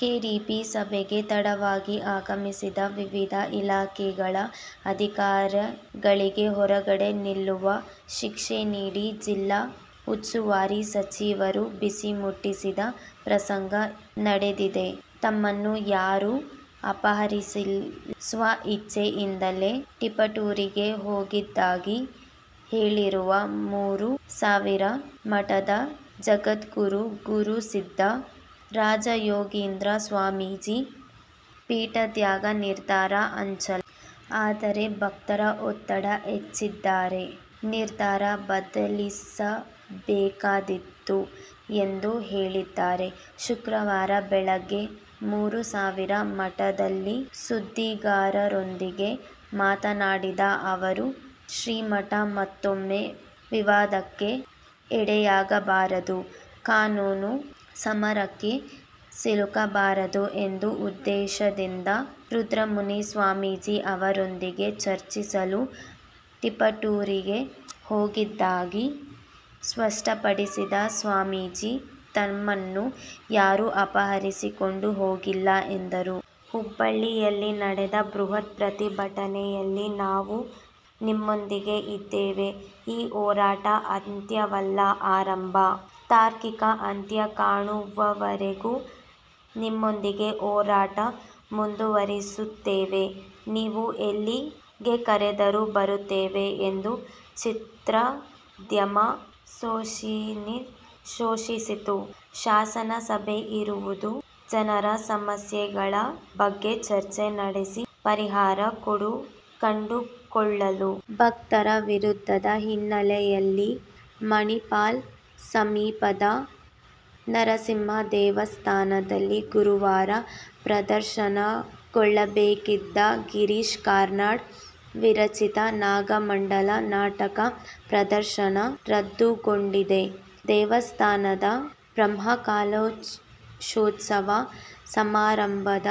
KDP ಸಭೆಗೆ ತಡವಾಗಿ ಆಗಮಿಸಿದ ವಿವಿಧ ಇಲಾಖೆಗಳ ಅಧಿಧಿಕಾರಿಗಳಿಗೆ ಹೊರಗಡೆ ನಿಲ್ಲುವ ಶಿಕ್ಷೆ ನೀಡಿ ಜಿಲ್ಲಾ ಉಸ್ತುವಾರಿ ಸಚಿವರು ಬಿಸಿ ಮುಟ್ಟಿಸಿದ ಪ್ರಸಂಗ ನಡೆದಿದೆ. ತಮ್ಮನ್ನು ಯಾರೂ ಅಪಹರಿಸಿಲ್ಲ. ಸ್ವ ಇಚ್ಛೆಯಿಂದಲೇ ತಿಪಟೂರಿಗೆ ಹೋಗಿದ್ದಾಗಿ ಹೇಳಿರುವ ಮೂರು ಸಾವಿರ ಮಠದ ಜಗದ್ಗುರು ಗುರುಸಿದ್ದ ರಾಜಯೋಗೀಂದ್ರ ಸ್ವಾಮೀಜಿ, ಪೀಠತ್ಯಾಗ ನಿರ್ಧಾರ ಅಚಲ. ಆದರೆ ಭಕ್ತರ ಒತ್ತಡ ಹೆಚ್ಚಿದರೆ ನಿರ್ಧಾರ ಬದಲಿಸಬೇಕಾದೀತು ಎಂದು ಹೇಳಿದ್ದಾರೆ. ಶುಕ್ರವಾರ ಬೆಳಿಗ್ಗೆ ಮೂರುಸಾವಿರ ಮಠದಲ್ಲಿ ಸುದ್ದಿಗಾರರೊಂದಿಗೆ ಮಾತನಾಡಿದ ಅವರು, ಶ್ರೀಮಠ ಮತ್ತೂಮ್ಮೆ ವಿವಾದಕ್ಕೆ ಎಡೆಯಾಗಬಾರದು, ಕಾನೂನು ಸಮರಕ್ಕೆ ಸಿಲುಕಬಾರದು ಎಂಬ ಉದ್ದೇಶದಿಂದ ರುದ್ರಮುನಿ ಸ್ವಾಮೀಜಿ ಅವರೊಂದಿಗೆ ಚರ್ಚಿಸಲು ತಿಪಟೂರಿಗೆ ಹೋಗಿದ್ದಾಗಿ ಸ್ಪಷ್ಟಪಡಿಸಿದ ಸ್ವಾಮೀಜಿ, ತಮ್ಮನ್ನು ಯಾರೂ ಅಪಹರಿಸಿಕೊಂಡು ಹೋಗಿಲ್ಲ ಎಂದರು. ಹುಬ್ಬಳ್ಳಿಯಲ್ಲಿ ನಡೆದ ಬೃಹತ್ ಪ್ರತಿಭಟನೆಯಲ್ಲಿ ನಾವು ನಿಮ್ಮೊಂದಿಗೆ ಇದ್ದೇವೆ. ಈ ಹೋರಾಟ ಅಂತ್ಯವಲ್ಲ ಆರಂಭ. ತಾರ್ಕಿಕ ಅಂತ್ಯ ಕಾಣುವವರೆಗೂ ನಿಮ್ಮೊಂದಿಗೆ ಹೋರಾಟ ಮುಂದುವರಿಸುತ್ತೇವೆ. ನೀವು ಎಲ್ಲಿಗೆ ಕರೆದರೂ ಬರುತ್ತೇವೆ ಎಂದು ಚಿತ್ರೋದ್ಯಮ ಘೋಷಿಸಿತು. ಶಾಸನ ಸಭೆ ಇರುವುದು ಜನರ ಸಮಸ್ಯೆಗಳ ಬಗ್ಗೆ ಚರ್ಚೆ ನಡೆಸಿ ಪರಿಹಾರ ಕಂಡುಕೊಳ್ಳಲು. ಭಕ್ತರ ವಿರೋಧದ ಹಿನ್ನೆಲೆಯಲ್ಲಿ ಮಣಿಪಾಲ ಸಮೀಪದ ನರಸಿಂಗೆ ದೇವಸ್ಥಾನದಲ್ಲಿ ಗುರುವಾರ ಪ್ರದರ್ಶನಗೊಳ್ಳಬೇಕಿದ್ದ ಗಿರೀಶ್ ಕಾರ್ನಾಡ್ ವಿರಚಿತ "ನಾಗಮಂಡಲ' ನಾಟಕ ಪ್ರದರ್ಶನ ರದ್ದುಗೊಂಡಿದೆ. ದೇವಸ್ಥಾನದ ಬ್ರಹ್ಮಕಲಶೋತ್ಸವ ಸಮಾರಂಭದ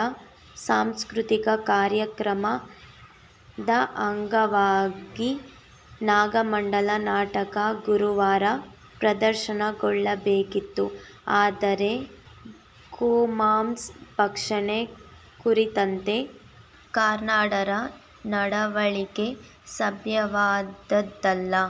ಸಾಂಸ್ಕೃತಿಕ ಕಾರ್ಯಕ್ರಮದ ಅಂಗವಾಗಿ "ನಾಗಮಂಡಲ' ನಾಟಕ ಗುರುವಾರ ಪ್ರದರ್ಶನಗೊಳ್ಳಬೇಕಿತ್ತು. ಆದರೆ, "ಗೋಮಾಂಸ ಭಕ್ಷಣೆ ಕುರಿತಂತೆ ಕಾರ್ನಾಡರ ನಡವಳಿಕೆ ಸಭ್ಯವಾದದ್ದಲ್ಲ.